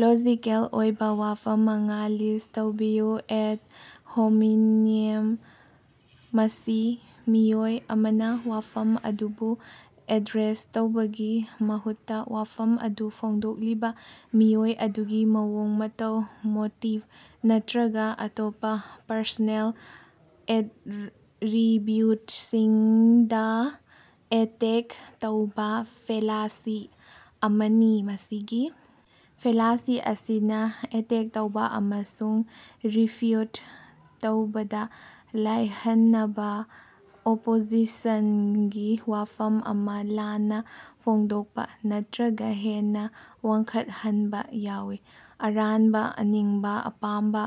Logical ꯑꯣꯏꯕ ꯋꯥꯐꯝ ꯃꯉꯥ ꯂꯤꯁ꯭ꯠ ꯇꯧꯕꯤꯌꯨ꯫ ꯑꯦꯗ ꯍꯣꯃꯤꯅꯦꯝ ꯃꯁꯤ ꯃꯤꯑꯣꯏ ꯑꯃꯅꯥ ꯋꯥꯐꯝ ꯑꯗꯨꯕꯨ ꯑꯦꯗ꯭ꯔꯦꯁ ꯇꯧꯕꯒꯤ ꯃꯍꯨꯠꯇꯥ ꯋꯥꯐꯝ ꯑꯗꯨ ꯐꯣꯡꯗꯣꯛꯂꯤꯕꯥ ꯃꯤꯑꯣꯏ ꯑꯗꯨꯒꯤ ꯃꯑꯣꯡ ꯃꯇꯧ, ꯃꯣꯇꯤꯚ ꯅꯠꯇ꯭ꯔꯒꯥ ꯑꯇꯣꯞꯄꯥ ꯄꯔꯁꯣꯅꯦꯜ ꯑꯦꯠꯔꯤꯕ꯭ꯌꯨꯠꯁꯤꯡꯗꯥ ꯑꯦꯇꯦꯛ ꯇꯧꯕ ꯐꯦꯂꯥꯁꯤ ꯑꯃꯅꯤ꯫ ꯃꯁꯤꯒꯤ ꯐꯦꯂꯥꯁꯤ ꯑꯁꯤꯅꯥ ꯑꯦꯇꯦꯛ ꯇꯧꯕ ꯑꯃꯁꯨꯡ ꯔꯤꯐ꯭ꯌꯨꯠ ꯇꯧꯕꯗꯥ ꯂꯥꯏꯍꯟꯅꯕꯥ ꯑꯣꯄꯣꯖꯤꯁꯟꯒꯤ ꯋꯥꯐꯝ ꯑꯃꯥ ꯂꯥꯟꯅꯥ ꯐꯣꯡꯗꯣꯛꯄꯥ ꯅꯠꯇ꯭ꯔꯒꯥ ꯍꯦꯟꯅ ꯋꯥꯡꯈꯠꯍꯟꯕꯥ ꯌꯥꯎꯏ꯫ ꯑꯔꯥꯟꯕꯥ ꯑꯅꯤꯡꯕ ꯑꯄꯥꯝꯕ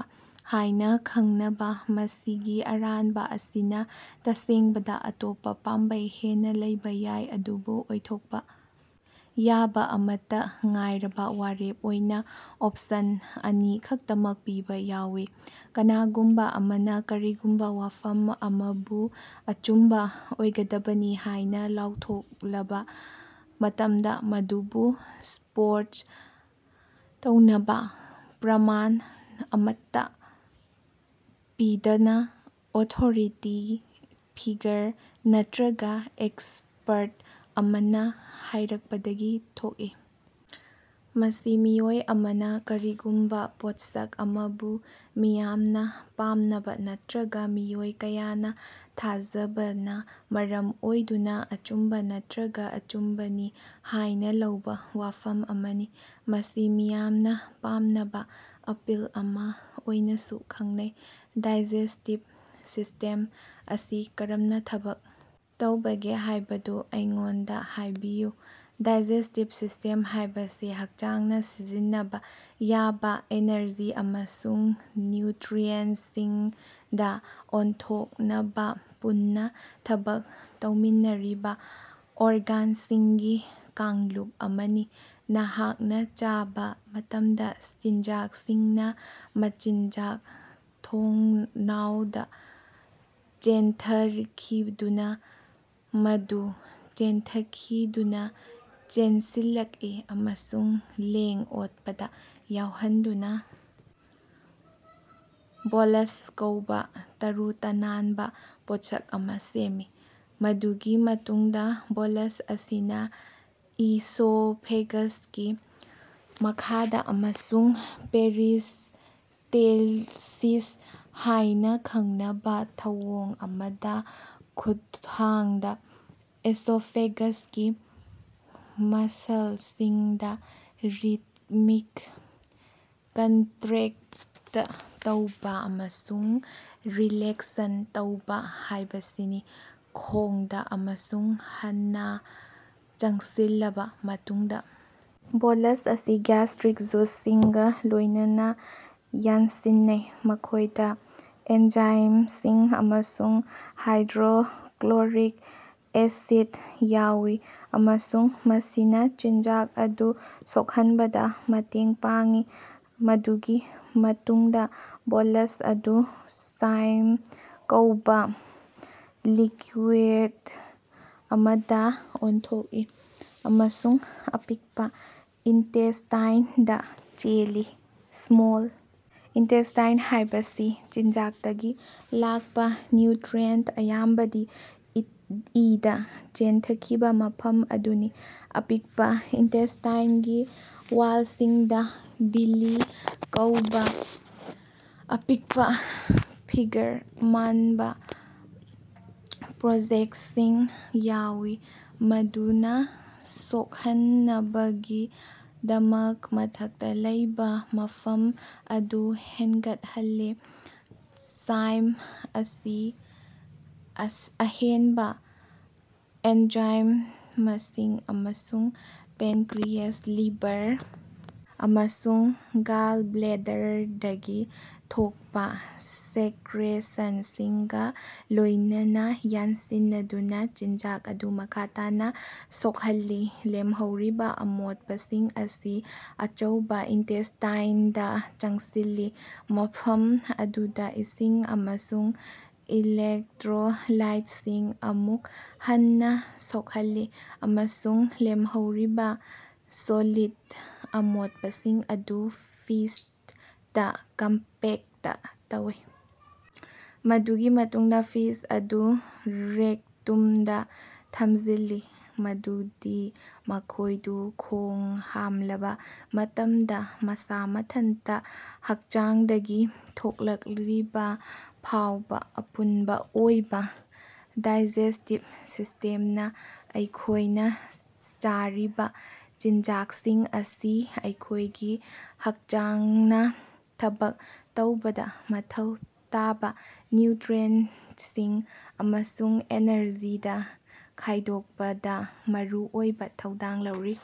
ꯍꯥꯏꯅ ꯈꯪꯅꯕꯥ, ꯃꯁꯤꯒꯤ ꯑꯔꯥꯟꯕꯥ ꯑꯁꯤꯅꯥ ꯇꯁꯦꯡꯕꯗ ꯑꯇꯣꯞꯄ ꯄꯥꯝꯕꯩ ꯍꯦꯟꯅ ꯂꯩꯕ ꯌꯥꯏ, ꯑꯗꯨꯕꯨ ꯑꯣꯏꯊꯣꯛꯄ ꯌꯥꯕ ꯑꯃꯠꯇꯥ ꯉꯥꯏꯔꯕ ꯋꯥꯔꯦꯞ ꯑꯣꯏꯅ ꯑꯣꯞꯁꯟ ꯑꯅꯤ ꯈꯛꯇꯃꯛ ꯄꯤꯕ ꯌꯥꯎꯏ꯫ ꯀꯅꯥꯒꯨꯝꯕꯥ ꯑꯃꯅꯥ ꯀꯔꯤꯒꯨꯝꯕꯥ ꯋꯥꯐꯝ ꯑꯃꯥꯕꯨ ꯑꯆꯨꯝꯕꯥ ꯑꯣꯏꯒꯗꯕꯅꯤ ꯍꯥꯏꯅ ꯂꯥꯎꯊꯣꯛꯂꯕꯥ ꯃꯇꯝꯗꯥ, ꯃꯗꯨꯕꯨ ꯁꯄꯣꯔꯠ ꯇꯧꯅꯕꯥ ꯄ꯭ꯔꯃꯥꯟ ꯑꯃꯠꯇꯥ ꯄꯤꯗꯅꯥ, ꯑꯣꯊꯣꯔꯤꯇꯤ ꯐꯤꯒꯔ ꯅꯠꯇ꯭ꯔꯒꯥ ꯑꯦꯛꯁꯄꯔꯠ ꯑꯃꯅꯥ ꯍꯥꯏꯔꯛꯄꯗꯒꯤ ꯊꯣꯛꯏ꯫ ꯃꯁꯤ ꯃꯤꯑꯣꯏ ꯑꯃꯅꯥ ꯀꯔꯤꯒꯨꯝꯕꯥ ꯄꯣꯠꯁꯛ ꯑꯃꯕꯨ ꯃꯤꯌꯥꯝꯅꯥ ꯄꯥꯝꯅꯕꯥ ꯅꯠꯇ꯭ꯔꯒꯥ ꯃꯤꯑꯣꯏ ꯀꯌꯥꯅꯥ ꯊꯥꯖꯕꯅꯥ ꯃꯔꯝ ꯑꯣꯏꯗꯨꯅꯥ ꯑꯆꯨꯝꯕꯥ ꯅꯠꯇ꯭ꯔꯒ ꯑꯆꯨꯝꯕꯅꯤ ꯍꯥꯏꯅꯥ ꯂꯧꯕ ꯋꯥꯐꯝ ꯑꯃꯅꯤ꯫ ꯃꯁꯤ ꯃꯤꯌꯥꯝꯅꯥ ꯄꯥꯝꯅꯕꯥ ꯑꯄꯤꯜ ꯑꯃꯥ ꯑꯣꯏꯅꯥꯁꯨ ꯈꯪꯅꯩ꯫ ꯗꯥꯏꯖꯦꯁ꯭ꯇꯤꯚ ꯁꯤꯁ꯭ꯇꯦꯝ ꯑꯁꯤ ꯀꯔꯝꯅꯥ ꯊꯕꯛ ꯇꯧꯕꯒꯦ ꯍꯥꯏꯕꯗꯨ ꯑꯩꯉꯣꯟꯗꯥ ꯍꯥꯏꯕꯤꯌꯨ꯫ ꯗꯥꯏꯖꯦꯁ꯭ꯇꯤꯚ ꯁꯤꯁ꯭ꯇꯦꯝ ꯍꯥꯏꯕꯁꯤ ꯍꯛꯆꯥꯡꯅꯥ ꯁꯤꯖꯤꯟꯅꯕꯥ ꯌꯥꯕꯥ ꯑꯦꯅꯔꯖꯤ ꯑꯃꯁꯨꯡ ꯅ꯭ꯌꯨꯠꯔꯤꯑꯦꯟꯇꯁꯤꯡꯗꯥ ꯑꯣꯟꯊꯣꯛꯅꯕꯥ ꯄꯨꯟꯅꯥ ꯊꯕꯛ ꯇꯧꯃꯤꯟꯅꯔꯤꯕꯥ ꯑꯣꯔꯒꯥꯟꯁꯤꯡꯒꯤ ꯀꯥꯡꯂꯨꯞ ꯑꯃꯅꯤ꯫ ꯅꯍꯥꯛꯅꯥ ꯆꯥꯕꯥ ꯃꯇꯝꯗꯥ, ꯆꯤꯟꯖꯥꯛꯁꯤꯡꯅꯥ ꯃꯆꯤꯟꯖꯥꯛ ꯊꯣꯡꯅꯥꯎꯗꯥ ꯆꯦꯟꯊꯈꯤꯗꯨꯅꯥ ꯃꯗꯨ ꯆꯦꯟꯊꯈꯤꯗꯨꯅꯥ ꯆꯦꯟꯁꯤꯜꯂꯛꯏ ꯑꯃꯁꯨꯡ ꯂꯦꯡ-ꯑꯣꯠꯄꯗꯥ ꯌꯥꯎꯍꯟꯗꯨꯅꯥ ꯕꯣꯂꯁ ꯀꯧꯕ ꯇꯔꯨ-ꯇꯥꯟꯅꯕꯥ ꯄꯣꯠꯁꯛ ꯑꯃꯥ ꯁꯦꯝꯃꯤ꯫ ꯃꯗꯨꯒꯤ ꯃꯇꯨꯡꯗꯥ ꯕꯣꯂꯁ ꯑꯁꯤꯅꯥ ꯏꯁꯣꯐꯦꯒꯁꯀꯤ ꯃꯈꯥꯗꯥ ꯑꯃꯁꯨꯡ ꯄꯦꯔꯤꯁ꯭ꯇꯦꯂꯁꯤꯁ ꯍꯥꯏꯅꯥ ꯈꯪꯅꯕꯥ ꯊꯧꯑꯣꯡ ꯑꯃꯗ ꯈꯨꯠꯊꯥꯡꯗꯥ ꯏꯁꯣꯐꯦꯒꯁꯀꯤ ꯃꯁꯂꯁꯤꯡꯗꯥ ꯔꯤꯗꯃꯤꯛ ꯀꯟꯠꯔꯦꯛꯇ ꯇꯧꯕꯥ ꯑꯃꯁꯨꯡ ꯔꯤꯂꯦꯛꯁꯟ ꯇꯧꯕꯥ ꯍꯥꯏꯕꯁꯤꯅꯤ꯫ ꯈꯣꯡꯗꯥ ꯑꯃꯁꯨꯡ ꯍꯟꯅꯥ ꯆꯪꯁꯤꯜꯂꯕꯥ ꯃꯇꯨꯡꯗꯥ, ꯕꯣꯂꯁ ꯑꯁꯤ ꯒ꯭ꯌꯥꯁꯠꯔꯤꯛ ꯖꯨꯁꯁꯤꯡꯒꯥ ꯂꯣꯏꯅꯅꯥ ꯌꯥꯟꯁꯤꯟꯅꯩ, ꯃꯈꯣꯏꯗꯥ ꯑꯦꯅꯖꯥꯏꯃꯁꯤꯡ ꯑꯃꯁꯨꯡ ꯍꯥꯏꯗ꯭ꯔꯣꯛꯂꯣꯔꯤꯛ ꯑꯦꯁꯤꯠ ꯌꯥꯎꯏ ꯑꯃꯁꯨꯡ ꯃꯁꯤꯅꯥ ꯆꯤꯟꯖꯥꯛ ꯑꯗꯨ ꯁꯣꯛꯍꯟꯕꯗꯥ ꯃꯇꯦꯡ ꯄꯥꯡꯏ꯫ ꯃꯗꯨꯒꯤ ꯃꯇꯨꯡꯗꯥ ꯕꯣꯂꯁ ꯑꯗꯨ ꯆꯥꯏꯝ ꯀꯧꯕꯥ ꯂꯤꯛꯌꯨꯏꯗ ꯑꯃꯗꯥ ꯑꯣꯟꯊꯣꯛꯏ ꯑꯃꯁꯨꯡ ꯑꯄꯤꯛꯄꯥ ꯏꯟꯇꯦꯁ꯭ꯇꯥꯏꯅꯗꯥ ꯆꯦꯜꯂꯤ꯫ ꯁ꯭ꯃꯣꯜ ꯏꯟꯇꯦꯁ꯭ꯇꯥꯏꯟ ꯍꯥꯏꯕꯁꯤ ꯆꯤꯟꯖꯥꯛꯇꯒꯤ ꯂꯥꯛꯄꯥ ꯅ꯭ꯌꯨꯠꯔꯤꯑꯦꯟꯇ ꯑꯌꯥꯝꯕꯗꯤ ꯏꯗꯥ ꯆꯦꯟꯊꯈꯤꯕꯥ ꯃꯐꯝ ꯑꯗꯨꯅꯤ꯫ ꯑꯄꯤꯛꯄꯥ ꯏꯟꯇꯦꯁ꯭ꯇꯥꯏꯅꯒꯤ ꯋꯥꯂꯁꯤꯡꯗꯥ ꯚꯤꯂꯤ ꯀꯧꯕꯥ ꯑꯄꯤꯛꯄꯥ ꯐꯤꯉ꯭ꯒꯔ-ꯃꯥꯟꯕꯥ ꯄ꯭ꯔꯣꯖꯦꯛꯁꯁꯤꯡ ꯌꯥꯎꯏ, ꯃꯗꯨꯅꯥ ꯁꯣꯛꯍꯟꯅꯕꯒꯤꯗꯃꯛ ꯃꯊꯛꯇꯥ ꯂꯩꯕꯥ ꯃꯐꯝ ꯑꯗꯨ ꯍꯦꯟꯒꯠꯍꯜꯂꯤ꯫ ꯆꯥꯏꯝ ꯑꯁꯤ ꯑꯍꯦꯟꯕꯥ ꯑꯦꯅꯖꯥꯏꯃꯁꯤꯡ ꯑꯃꯁꯨꯡ ꯄꯦꯟꯀꯔꯤꯑꯦꯖ, ꯂꯤꯚꯔ ꯑꯃꯁꯨꯡ ꯒꯥꯂꯕ꯭ꯂꯦꯗꯔꯗꯒꯤ ꯊꯣꯛꯄꯥ ꯁꯦꯛꯔꯦꯁꯟꯁꯤꯡꯒꯥ ꯂꯣꯏꯅꯅꯥ ꯌꯥꯟꯁꯤꯟꯅꯗꯨꯅꯥ ꯆꯤꯟꯖꯥꯛ ꯑꯗꯨ ꯃꯈꯥ ꯇꯥꯅꯥ ꯁꯣꯛꯍꯜꯂꯤ꯫ ꯂꯦꯝꯍꯧꯔꯤꯕꯥ ꯑꯃꯣꯠꯄꯁꯤꯡ ꯑꯁꯤ ꯑꯆꯧꯕꯥ ꯏꯟꯇꯦꯁ꯭ꯇꯥꯏꯅꯗꯥ ꯆꯪꯁꯤꯜꯂꯤ, ꯃꯐꯝ ꯑꯗꯨꯗꯥ ꯏꯁꯤꯡ ꯑꯃꯁꯨꯡ ꯏꯂꯦꯛꯠꯔꯣꯂꯥꯏꯠꯁꯤꯡ ꯑꯃꯨꯛ ꯍꯟꯅꯥ ꯁꯣꯛꯍꯜꯂꯤ, ꯑꯃꯁꯨꯡ ꯂꯦꯝꯍꯧꯔꯤꯕꯥ ꯁꯣꯂꯤꯠꯇ ꯑꯃꯣꯠꯄꯁꯤꯡ ꯑꯗꯨ ꯐꯤꯁꯇꯥ ꯀꯝꯄꯦꯛꯇ ꯇꯧꯏ꯫ ꯃꯗꯨꯒꯤ ꯃꯇꯨꯡꯗꯥ ꯐꯤꯁ ꯑꯗꯨ ꯔꯦꯛꯇꯨꯝꯗꯥ ꯊꯝꯖꯤꯜꯂꯤ ꯃꯗꯨꯗꯤ ꯃꯈꯣꯏꯗꯨ ꯈꯣꯡ ꯍꯥꯝꯂꯕꯥ ꯃꯇꯝꯗꯥ ꯃꯁꯥ ꯃꯊꯟꯇꯥ ꯍꯛꯆꯥꯡꯗꯒꯤ ꯊꯣꯛꯂꯛꯔꯤꯕ ꯐꯥꯎꯕꯥ꯫ ꯑꯄꯨꯟꯕꯥ ꯑꯣꯏꯅ, ꯗꯥꯏꯖꯦꯁ꯭ꯇꯤꯚ ꯁꯤꯁ꯭ꯇꯦꯝꯅꯥ ꯑꯩꯈꯣꯏꯅꯥ ꯆꯥꯔꯤꯕꯥ ꯆꯤꯟꯖꯥꯛꯁꯤꯡ ꯑꯁꯤ ꯑꯩꯈꯣꯏꯒꯤ ꯍꯛꯆꯥꯡꯅꯥ ꯊꯕꯛ ꯇꯧꯕꯗꯥ ꯃꯊꯧ ꯇꯥꯕꯥ ꯅ꯭ꯌꯨꯠꯔꯤꯑꯦꯟꯇꯁꯤꯡ ꯑꯃꯁꯨꯡ ꯑꯦꯅꯔꯖꯤꯗꯥ ꯈꯥꯏꯗꯣꯛꯄꯗꯥ ꯃꯔꯨꯑꯣꯏꯕꯥ ꯊꯧꯗꯥꯡ ꯂꯧꯔꯤ꯫